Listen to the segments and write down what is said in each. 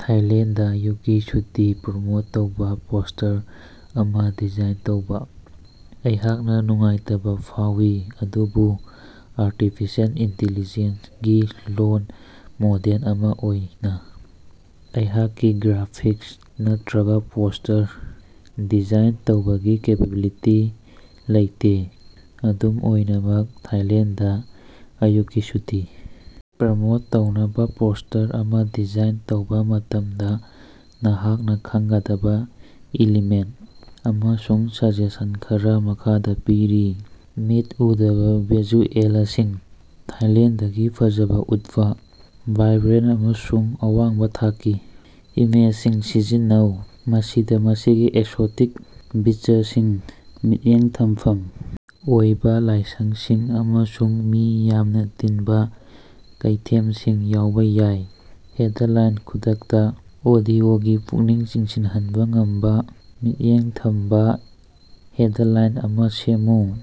Thailand ꯑꯌꯨꯛꯀꯤ ꯁꯨꯇꯤ promote ꯇꯧꯕ ꯄꯣꯁ꯭ꯇꯔ ꯑꯃ ꯗꯤꯖꯥꯏꯟ ꯇꯧꯕ꯫ ꯑꯩꯍꯥꯛꯅ ꯅꯨꯡꯉꯥꯏꯇꯕ ꯐꯥꯎꯏ, ꯑꯗꯨꯕꯨ ꯑꯥꯔꯇꯤꯐꯤꯁꯤꯑꯦꯜ ꯏꯟꯇꯦꯂꯤꯖꯦꯟꯁ ꯒꯤ ꯂꯣꯜ ꯃꯣꯗꯦꯜ ꯑꯃ ꯑꯣꯏꯅ ꯑꯩꯍꯥꯛꯀꯤ ꯒ꯭ꯔꯥꯐꯤꯛꯁ ꯅꯠꯇꯔꯒ ꯄꯣꯁ꯭ꯇꯔ ꯗꯤꯖꯥꯏꯟ ꯇꯧꯕꯒꯤ ꯀꯦꯄꯦꯕꯤꯂꯤꯇꯤ ꯂꯩꯇꯦ꯫ ꯑꯗꯨꯝ ꯑꯣꯏꯅꯃꯛ, ꯊꯥꯏꯂꯦꯟꯗꯗ ꯑꯌꯨꯛꯀꯤ ꯁꯨꯇꯤ ꯄ꯭ꯔꯃꯣꯠ ꯇꯧꯅꯕ ꯄꯣꯁ꯭ꯇꯔ ꯑꯃ ꯗꯤꯖꯥꯏꯟ ꯇꯧꯕ ꯃꯇꯝꯗ ꯅꯍꯥꯛꯅ ꯈꯪꯒꯗꯕ ꯏꯂꯤꯃꯦꯟꯠ ꯑꯃꯁꯨꯡ ꯁꯖꯦꯁꯟ ꯈꯔ ꯃꯈꯥꯗ ꯄꯤꯔꯤ: ꯃꯤꯠ ꯎꯗꯕ ꯚꯤꯖꯨꯑꯦꯂꯁꯤꯡ: ꯊꯥꯏꯂꯦꯟꯗꯒꯤ ꯐꯖꯕ ꯎꯠꯄ ꯚꯥꯏꯕ꯭ꯔꯦꯟꯠ ꯑꯃꯁꯨꯡ ꯑꯋꯥꯡꯕ ꯊꯥꯛꯀꯤ ꯏꯃꯦꯖꯁꯤꯡ ꯁꯤꯖꯤꯟꯅꯧ꯫ ꯃꯁꯤꯗ ꯃꯁꯤꯒꯤ ꯑꯦꯛꯁꯣꯇꯤꯛ ꯕꯤꯆꯁꯤꯡ, ꯃꯤꯠꯌꯦꯡ ꯊꯝꯐꯝ ꯑꯣꯏꯕ ꯂꯥꯏꯁꯪꯁꯤꯡ ꯑꯃꯁꯨꯡ ꯃꯤ ꯌꯥꯝꯅ ꯇꯤꯟꯕ ꯀꯩꯊꯦꯝꯁꯤꯡ ꯌꯥꯎꯕ ꯌꯥꯏ꯫ ꯍꯦꯗꯂꯥꯏꯟ ꯈꯨꯗꯛꯇꯥ ꯑꯣꯗꯤꯑꯣꯒꯤ ꯄꯨꯛꯅꯤꯡ ꯆꯤꯡꯁꯤꯍꯟꯕ ꯉꯝꯕ ꯃꯤꯠꯌꯦꯡ ꯊꯝꯕ ꯍꯦꯗꯂꯥꯏꯟ ꯑꯃꯥ ꯁꯦꯝꯃꯨ꯫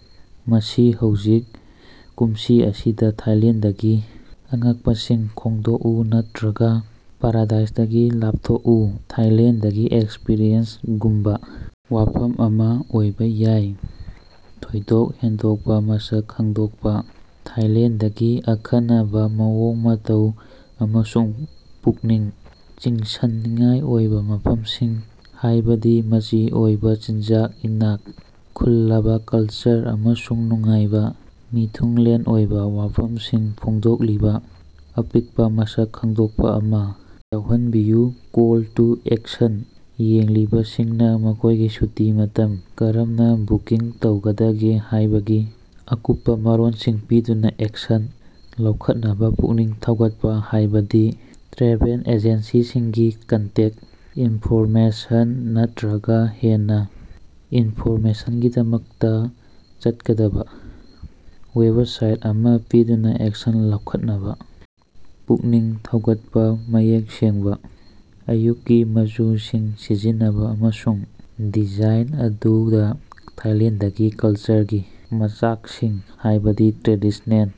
ꯃꯁꯤ ꯍꯧꯖꯤꯛ ꯀꯨꯝꯁꯤ ꯑꯁꯤꯗ ꯊꯥꯏꯂꯦꯟꯗꯒꯤ ꯑꯉꯛꯄꯁꯤꯡ ꯈꯣꯗꯣꯛꯎ ꯅꯠꯇꯔꯒ ꯄꯥꯔꯥꯗꯥꯏꯁꯇꯒꯤ ꯂꯥꯞꯊꯣꯛꯎ ꯊꯥꯏꯂꯦꯟꯗꯒꯤ ꯑꯦꯛꯁꯄꯔꯤꯌꯦꯟꯁ ꯒꯨꯝꯕ ꯋꯥꯐꯝ ꯑꯃ ꯑꯣꯏꯕ ꯌꯥꯏ꯫ ꯊꯣꯏꯗꯣꯛ ꯍꯦꯟꯗꯣꯛꯄ ꯃꯁꯛ ꯈꯪꯗꯣꯛꯄ: ꯊꯥꯏꯂꯦꯟꯗꯒꯤ ꯑꯈꯟꯅꯕꯕꯃꯑꯣꯡ ꯃꯇꯧ ꯑꯃꯁꯨꯡ ꯄꯨꯛꯅꯤꯡ ꯆꯤꯡꯁꯤꯟꯅꯤꯡꯉꯥꯏ ꯑꯣꯏꯕ ꯃꯐꯝꯁꯤꯡ, ꯍꯥꯏꯕꯗꯤ ꯃꯆꯤ ꯑꯣꯏꯕ ꯆꯤꯟꯖꯥꯛ, ꯏꯅꯥꯛ ꯈꯨꯜꯂꯕ ꯀꯜꯆꯔ, ꯑꯃꯁꯨꯡ ꯅꯨꯡꯉꯥꯏꯕ ꯃꯤꯊꯨꯡꯂꯦꯟ ꯑꯣꯏꯕ ꯋꯥꯐꯝꯁꯤꯡ ꯐꯣꯡꯗꯣꯛꯂꯤꯕ ꯑꯄꯤꯛꯄ ꯃꯁꯛ ꯈꯪꯗꯣꯛꯄ ꯑꯃ ꯌꯥꯎꯍꯟꯕꯤꯌꯨ꯫ ꯀꯣꯜ ꯇꯨ ꯑꯦꯛꯁꯟ: ꯌꯦꯡꯂꯤꯕꯁꯤꯡꯅ ꯃꯈꯣꯏꯒꯤ ꯁꯨꯇꯤꯒꯤ ꯃꯇꯝ ꯀꯔꯝꯅ ꯕꯨꯀꯤꯡ ꯇꯧꯒꯗꯒꯦ ꯍꯥꯏꯕꯒꯤ ꯑꯀꯨꯞꯄ ꯃꯔꯣꯜꯁꯤꯡ ꯄꯤꯗꯨꯅ ꯑꯦꯛꯁꯟ ꯂꯧꯈꯠꯅꯕ ꯄꯨꯛꯅꯤꯡ ꯊꯧꯒꯠꯄ, ꯍꯥꯏꯕꯗꯤ ꯇ꯭ꯔꯦꯚꯦꯜ ꯑꯦꯖꯦꯟꯁꯤꯁꯤꯡꯒꯤ ꯀꯟꯇꯦꯛ ꯏꯟꯐꯣꯔꯃꯦꯁꯟ ꯅꯠꯇꯔꯒꯥ ꯍꯦꯟꯅ ꯏꯟꯐꯣꯔꯃꯦꯁꯟꯒꯤꯗꯃꯛꯇ ꯆꯠꯀꯗꯕ ꯋꯦꯕꯁꯥꯏꯠ ꯑꯃꯥ ꯄꯤꯗꯨꯅ ꯑꯦꯛꯁꯟ ꯂꯧꯈꯠꯅꯕ ꯄꯨꯛꯅꯤꯡ ꯊꯧꯒꯠꯄ꯫ ꯃꯌꯦꯛ ꯁꯦꯡꯕ, ꯑꯌꯨꯛꯀꯤ ꯃꯆꯨꯁꯤꯡ ꯁꯤꯖꯤꯟꯅꯕ ꯑꯃꯁꯨꯡ ꯗꯤꯖꯥꯏꯟ ꯑꯗꯨꯗ ꯊꯥꯏꯂꯦꯟꯗꯒꯤ ꯀꯜꯆꯔꯒꯤ ꯃꯆꯥꯛꯁꯤꯡ, ꯍꯥꯏꯕꯗꯤ ꯇ꯭ꯔꯦꯗꯤꯁ꯭ꯅꯦꯜ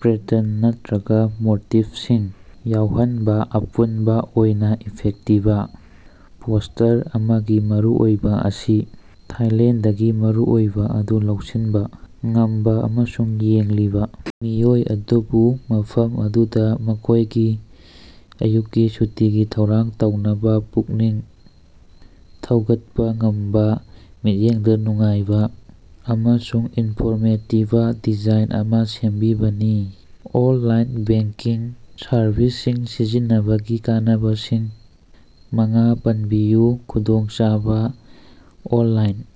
ꯄꯦꯇꯔꯟ ꯅꯠꯇꯔꯒ ꯃꯣꯇꯤꯐꯁꯤꯡ ꯌꯥꯎꯍꯟꯕ꯫ ꯑꯄꯨꯟꯕ ꯑꯣꯏꯅ, ꯏꯐꯦꯛꯇꯤꯕ ꯄꯣꯁ꯭ꯇꯔ ꯑꯃꯒꯤ ꯃꯔꯨꯑꯣꯏꯕ ꯑꯁꯤ ꯊꯥꯏꯂꯦꯟꯗꯒꯤ ꯃꯔꯨꯑꯣꯏꯕ ꯑꯗꯨ ꯂꯧꯁꯤꯟꯕ ꯉꯝꯕ ꯑꯃꯁꯨꯡ ꯌꯦꯡꯂꯤꯕ ꯃꯤꯑꯣꯏ ꯑꯗꯨꯕꯨ ꯃꯐꯝ ꯑꯗꯨꯗꯥ ꯃꯈꯣꯏꯒꯤ ꯑꯌꯨꯛꯀꯤ ꯁꯨꯇꯤꯒꯤ ꯊꯧꯔꯥꯡ ꯇꯧꯅꯕ ꯄꯨꯛꯅꯤꯡ ꯊꯧꯒꯠꯄ ꯉꯝꯕ ꯃꯤꯠꯌꯦꯡꯗ ꯅꯨꯡꯉꯥꯏꯕ ꯑꯃꯁꯨꯡ ꯏꯟꯐꯣꯔꯃꯦꯇꯤꯕ ꯗꯤꯖꯥꯏꯟ ꯑꯃ ꯁꯦꯝꯕꯅꯤ꯫ ꯑꯣꯟꯂꯥꯏꯟ ꯕꯦꯡꯀꯤꯡ ꯁꯔꯚꯤꯁꯁꯤꯡ ꯁꯤꯖꯤꯟꯅꯕꯒꯤ ꯀꯥꯟꯅꯕꯁꯤꯡ ꯃꯉꯥ ꯄꯟꯕꯤꯌꯨ꯫ ꯈꯨꯗꯣꯡꯆꯥꯕꯥ ꯑꯣꯟꯂꯥꯏꯟ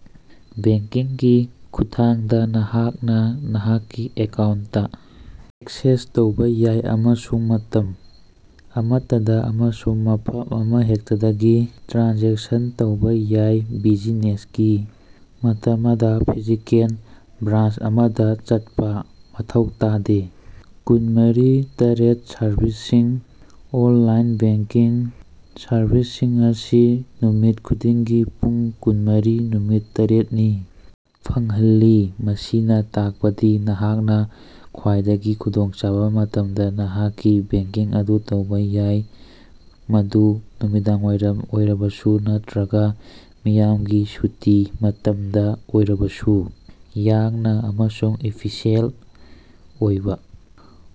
ꯕꯦꯡꯀꯤꯡꯒꯤ ꯈꯨꯠꯊꯥꯡꯗ, ꯅꯍꯥꯛꯅ ꯅꯍꯥꯛꯀꯤ ꯑꯦꯀꯥꯎꯟꯇ ꯑꯦꯛꯁꯦꯁ ꯇꯧꯕ ꯌꯥꯏ ꯑꯃꯁꯨꯡ ꯃꯇꯝ ꯑꯃꯠꯇꯗ ꯑꯃꯁꯨꯡ ꯃꯐꯝ ꯑꯃꯍꯦꯛꯇꯗꯒꯤ ꯇ꯭ꯔꯥꯟꯖꯦꯛꯁꯟ ꯇꯧꯕꯥ ꯌꯥꯏ, ꯕꯤꯖꯤꯅꯦꯁꯀꯤ ꯃꯇꯃꯗ ꯐꯤꯖꯤꯀꯦꯜ ꯕ꯭ꯔꯥꯟꯆ ꯑꯃꯗ ꯆꯠꯄ ꯃꯊꯧ ꯇꯥꯗꯦ꯫ ꯀꯨꯟꯃꯔꯤ/ꯇꯔꯦꯠ ꯁꯔꯚꯤꯁꯁꯤꯡ: ꯑꯣꯟꯂꯥꯏꯟ ꯕꯦꯡꯀꯤꯡ ꯁꯔꯚꯤꯁꯁꯤꯡ ꯑꯁꯤ ꯅꯨꯃꯤꯠ ꯈꯨꯗꯤꯡꯒꯤ ꯄꯨꯡ ꯀꯨꯟꯃꯔꯤ, ꯅꯨꯃꯤꯠ ꯇꯔꯦꯠ ꯅꯤ ꯐꯪꯍꯜꯂꯤ꯫ ꯃꯁꯤꯅꯥ ꯇꯥꯛꯄꯗꯤ ꯅꯍꯥꯛꯅ ꯈ꯭ꯋꯥꯏꯗꯒꯤ ꯈꯨꯗꯣꯡꯆꯥꯕ ꯃꯇꯝꯗ ꯅꯍꯥꯛꯀꯤ ꯕꯦꯡꯀꯤꯡ ꯑꯗꯨ ꯇꯧꯕ ꯌꯥꯏ, ꯃꯗꯨ ꯅꯨꯃꯤꯗꯥꯡꯋꯥꯏꯔꯝ ꯑꯣꯏꯔꯕꯁꯨ ꯅꯠꯇꯔꯒ ꯃꯤꯌꯥꯝꯒꯤ ꯁꯨꯇꯤꯒꯤ ꯃꯇꯝꯗ ꯑꯣꯏꯔꯕꯁꯨ꯫ ꯌꯥꯡꯅ ꯑꯃꯁꯨꯡ ꯏꯐꯤꯁꯤꯑꯦꯟꯠ ꯑꯣꯏꯕꯥ: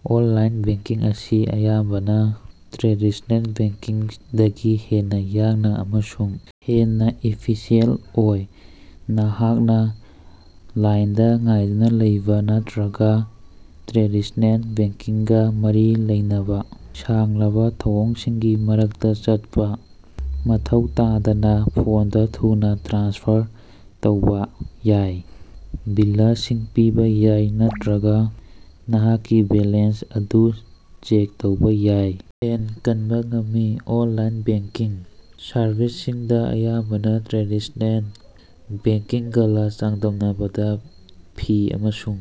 ꯑꯣꯟꯂꯥꯏꯟ ꯕꯦꯡꯀꯤꯡ ꯑꯁꯤ ꯑꯌꯥꯝꯕꯅ ꯇ꯭ꯔꯦꯗꯤꯁꯅꯦꯜ ꯕꯦꯡꯀꯤꯡꯗꯒꯤ ꯍꯦꯟꯅ ꯌꯥꯡꯅ ꯑꯃꯁꯨꯡ ꯍꯦꯟꯅ ꯏꯐꯤꯁꯤꯑꯦꯟꯠ ꯑꯣꯏ꯫ ꯅꯍꯥꯛꯅ ꯂꯥꯏꯟꯗ ꯉꯥꯏꯗꯨꯅ ꯂꯩꯕ ꯅꯠꯇꯔꯒ ꯇ꯭ꯔꯦꯗꯤꯁꯅꯦꯜ ꯕꯦꯡꯀꯤꯡꯒ ꯃꯔꯤ ꯂꯩꯅꯕ ꯁꯥꯡꯂꯕ ꯊꯧꯑꯣꯡꯁꯤꯡꯒꯤ ꯃꯔꯛꯇ ꯆꯠꯄ ꯃꯊꯧ ꯇꯥꯗꯅ ꯐꯣꯟꯗ ꯊꯨꯅ ꯇ꯭ꯔꯥꯟꯁꯐꯔ ꯇꯧꯕꯥ ꯌꯥꯏ, ꯕꯤꯂꯁꯤꯡ ꯄꯤꯕ ꯌꯥꯏ ꯅꯠꯇꯔꯒ ꯅꯍꯥꯛꯀꯤ ꯕꯦꯂꯦꯟꯁ ꯑꯗꯨ ꯆꯦꯛ ꯇꯧꯕ ꯌꯥꯏ꯫ ꯁꯦꯟ ꯀꯟꯕ ꯉꯝꯃꯤ: ꯑꯣꯟꯂꯥꯏꯟ ꯕꯦꯡꯀꯤꯡ ꯁꯔꯚꯤꯁꯁꯤꯡꯗ ꯑꯌꯥꯝꯕꯅ ꯇ꯭ꯔꯦꯗꯤꯁꯅꯦꯜ ꯕꯦꯡꯀꯤꯡꯒꯥꯂ ꯆꯥꯡꯗꯝꯅꯕꯗ ꯐꯤ ꯑꯃꯁꯨꯡ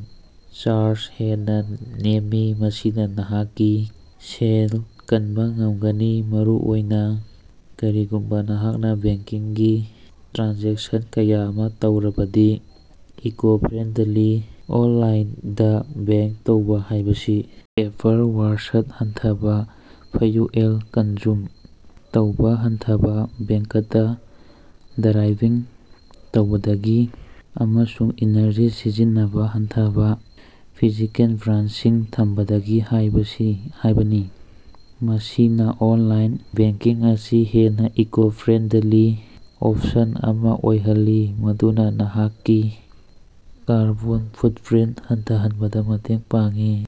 ꯆꯥꯔꯖ ꯍꯦꯟꯅ ꯅꯦꯝꯃꯤ꯫ ꯃꯁꯤꯅ ꯅꯍꯥꯛꯀꯤ ꯁꯦꯟ ꯀꯟꯕ ꯉꯝꯒꯅꯤ, ꯃꯔꯨꯑꯣꯏꯅ ꯀꯔꯤꯒꯨꯝꯕ ꯅꯍꯥꯛꯅ ꯕꯦꯡꯀꯤꯡꯒꯤ ꯇ꯭ꯔꯥꯟꯖꯦꯛꯁꯟ ꯀꯌꯥ ꯑꯃ ꯇꯧꯔꯕꯗꯤ꯫ ꯏꯀꯣ-ꯐ꯭ꯔꯦꯟꯗꯂꯤ: ꯑꯣꯟꯂꯥꯏꯟꯗꯥ ꯕꯦꯡ ꯇꯧꯕ ꯍꯥꯏꯕꯁꯤ ꯄꯦꯄꯔ ꯋꯦꯁ꯭ꯠ ꯍꯟꯊꯕ, ꯐ꯭ꯌꯨꯑꯦꯜ ꯀꯟꯖꯨꯝ ꯇꯧꯕ ꯍꯟꯊꯕ (ꯕꯦꯡꯀꯇ ꯗ꯭ꯔꯥꯏꯚꯤꯡ ꯇꯧꯕꯗꯒꯤ), ꯑꯃꯁꯨꯡ ꯏꯅꯔꯖꯤ ꯁꯤꯖꯤꯟꯅꯕ ꯍꯟꯊꯕ (ꯐꯤꯖꯤꯀꯦꯜ ꯕ꯭ꯔꯥꯟꯆꯁꯤꯡ ꯊꯝꯕꯗꯒꯤ) ꯍꯥꯏꯕꯅꯤ꯫ ꯃꯁꯤꯅꯥ ꯑꯣꯟꯂꯥꯏꯟ ꯕꯦꯡꯀꯤꯡ ꯑꯁꯤ ꯍꯦꯟꯅ ꯏꯀꯣ-ꯐ꯭ꯔꯦꯟꯗꯂꯤ ꯑꯣꯞꯁꯟ ꯑꯃ ꯑꯣꯏꯍꯜꯂꯤ ꯃꯗꯨꯅ ꯅꯍꯥꯛꯀꯤ ꯀꯥꯔꯕꯣꯟ ꯐꯨꯠꯄꯔꯤꯟꯠ ꯍꯟꯊꯍꯟꯕꯗ ꯃꯇꯦꯡ ꯄꯥꯡꯏ꯫